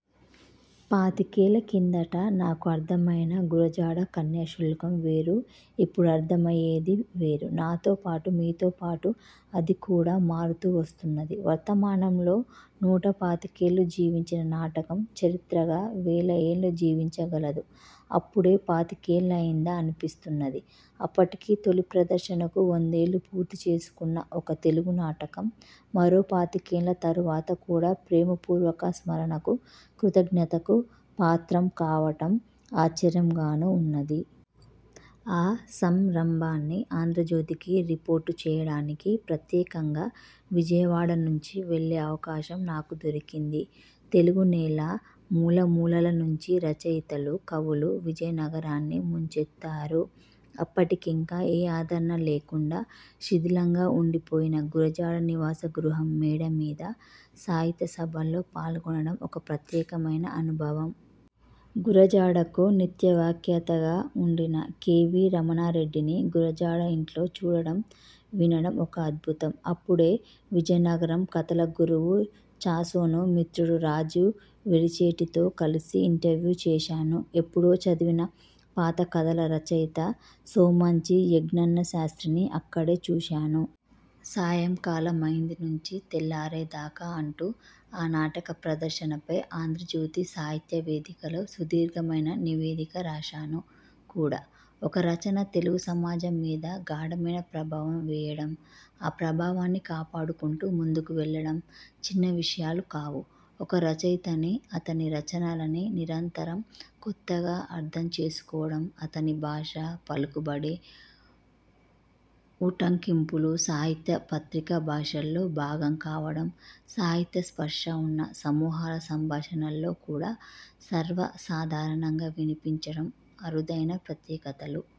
పాతికేళ్ల కిందట నాకు అర్థమయిన గురజాడ కన్యాశుల్కం వేరు. ఇప్పుడు అర్థమయ్యేది వేరు. నాతో పాటు, మీతోపాటు అది కూడా మారుతూ వస్తున్నది. వర్తమానంలో నూటపాతికేళ్లు జీవించిన నాటకం, చరిత్రగా వేల ఏళ్లు జీవించగలదు. అప్పుడే పాతికేళ్లయిందా అనిపిస్తున్నది. అప్పటికి తొలి ప్రదర్శనకు వందేళ్లు పూర్తిచేసుకున్న ఒక తెలుగునాటకం మరో పాతికేళ్ల తరువాత కూడా ప్రేమపూర్వక స్మరణకు, కృతజ్ఞతకు పాత్రం కావడం ఆశ్చర్యం గానూ ఉన్నది. ఆ సంరంభాన్ని ఆంధ్రజ్యోతికి రిపోర్టు చేయడానికి ప్రత్యేకంగా విజయవాడ నుంచి వెళ్లే అవకాశం నాకు దొరికింది. తెలుగునేల మూలమూలల నుంచి రచయితలు, కవులు విజయనగరాన్ని ముంచెత్తారు. అప్పటికింకా ఏ ఆదరణా లేకుండా శిథిలంగా ఉండిపోయిన గురజాడ నివాసగృహం మేడ మీద సాహిత్యసభల్లో పాల్గొనడం ఒక ప్రత్యేకమైన అనుభవం. గురజాడకు నిత్యవ్యాఖ్యాతగా ఉండిన కె. వి. రమణారెడ్డిని గురజాడ ఇంట్లో చూడడం, వినడం ఒక అద్భుతం. అప్పుడే, విజయనగరం కథల గురువు చాసోను మిత్రుడు రాజీవ్ వెలిచే టితో కలిసి ఇంటర్వ్యూ చేశాను. ఎప్పుడో చదివిన పాతకథల రచ యిత సోమంచి యజ్ఞన్నశాస్త్రిని అక్కడే చూశాను. 'సాయంకాలమైంది నుంచి తెల్లారేదాకా' అంటూ, ఆ నాటక ప్రదర్శనపై ఆంధ్రజ్యోతి సాహిత్యవేదికలో సుదీర్ఘమైన నివేదిక రాశాను కూడా. ఒక రచన తెలుగుసమాజం మీద గాఢమైన ప్రభావం వేయడం, ఆ ప్రభావాన్ని కాపాడుకుంటూ ముందుకు వెళ్లడం చిన్న విషయాలు కావు. ఒక రచయితనీ, అతని రచనలనీ నిరంతరం కొత్తగా అర్థం చేసుకోవడం, అతని భాష, పలుకుబడి, ఉటంకింపులు సాహిత్య, పత్రికాభాషల్లో భాగం కావడం, సాహిత్యస్పర్శ ఉన్న సమూహాల సంభాషణల్లో కూడా సర్వసాధా రణంగా వినిపించడం- అరుదైన ప్రత్యేకతలు.